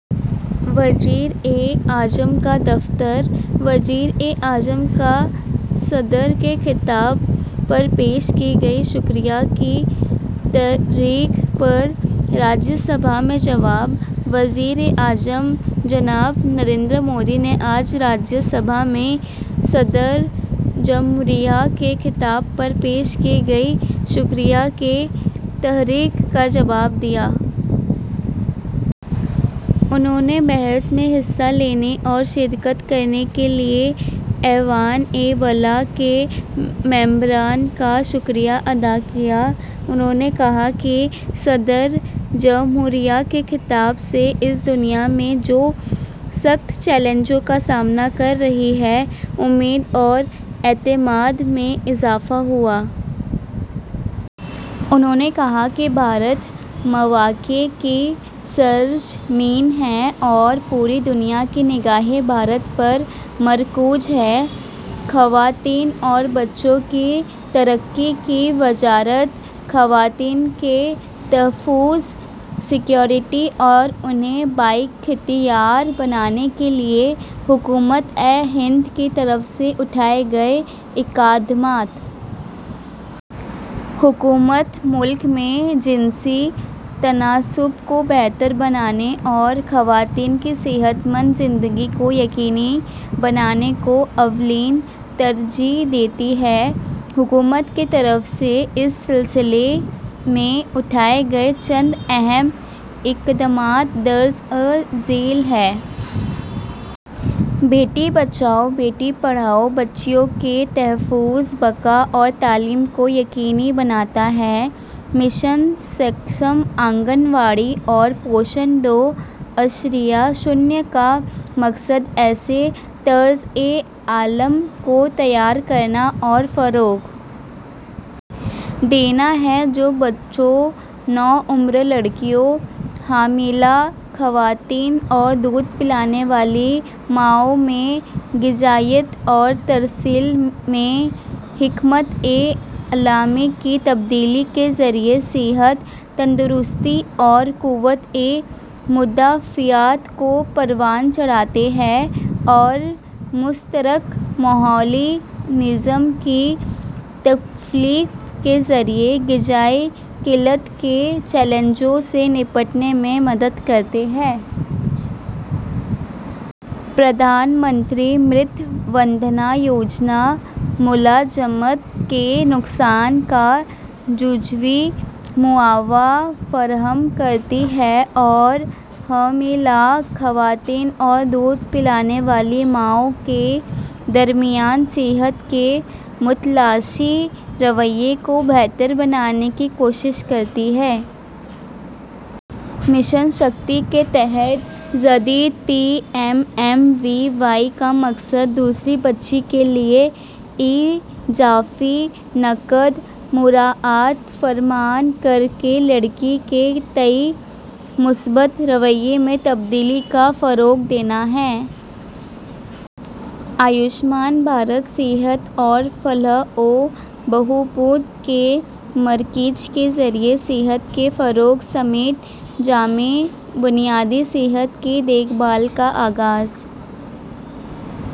وزیر اعظم کا دفتر: وزیر اعظم کا صدر کے خطاب پر پیش کی گئی شکریہ کی تحریک پر راجیہ سبھا میں جواب۔ وزیر اعظم جناب نریندر مودی نے آج راجیہ سبھا میں صدر جمہوریہ کے خطاب پر پیش کی گئی شکریہ کی تحریک کا جواب دیا۔ انہوں نے بحث میں حصہ لینے اور شرکت کرنے کے لیے ایوان بالا کے ممبران کا شکریہ ادا کیا۔ انہوں نے کہا کہ صدر جمہوریہ کے خطاب سے اس دنیا میں، جو سخت چیلنجوں کا سامنا کر رہی ہے، امید اور اعتماد میں اضافہ ہوا ہے۔ انہوں نے کہا کہ بھارت مواقع کی سرزمین ہے اور پوری دنیا کی نگاہیں بھارت پر مرکوز ہیں۔ خواتین اور بچوں کی ترقی کی وزارت: خواتین کے تحفظ، سکیورٹی اور انہیں بااختیار بنانے کے لیے حکومت ہند کی طرف سے اٹھائے گئے اقدامات۔ حکومت ملک میں صنفی تناسب کو بہتر بنانے اور خواتین کی صحت مند زندگی کو یقینی بنانے کو اولین ترجیح دیتی ہے۔ حکومت کی طرف سے اس سلسلے میں اٹھائے گئے چند اہم اقدامات درج ذیل ہیں۔ بیٹی بچاؤ، بیٹی پڑھاؤ بچیوں کے تحفظ، بقا اور تعلیم کو یقینی بناتا ہے۔ مشن سکشم آنگن واڑی اور پوشن دو اعشاریہ صفر کا مقصد ایسے طرز عمل کو تیار کرنا اور فروغ دینا ہے جو بچوں، نوعمر لڑکیوں، حاملہ خواتین اور دودھ پلانے والی ماؤں میں غذائیت اور ترسیل میں حکمت عملی کی تبدیلی کے ذریعے صحت، تندرستی اور قوت مدافعت کو پروان چڑھاتے ہیں اور مشترک ماحولیاتی نظام کی تخلیق کے ذریعے غذائی قلت کے چیلنجوں سے نمٹنے میں مدد کرتے ہیں۔ پردھان منتری ماترو وندنا یوجنا ملازمت کے نقصان کا جزوی معاوضہ فراہم کرتی ہے اور حاملہ خواتین اور دودھ پلانے والی ماؤں کے درمیان صحت کے متلاشی رویے کو بہتر بنانے کی کوشش کرتی ہے۔ مشن شکتی کے تحت جدید P M M V Y کا مقصد دوسری بچی کے لیے اضافی نقد مراعات فراہم کر کے لڑکی کے تئیں مثبت رویے میں تبدیلی کو فروغ دینا ہے۔ آیوشمان بھارت صحت اور فلاح و بہبود کے مراکز کے ذریعے صحت کے فروغ سمیت جامع بنیادی صحت کی دیکھ بھال کا آغاز۔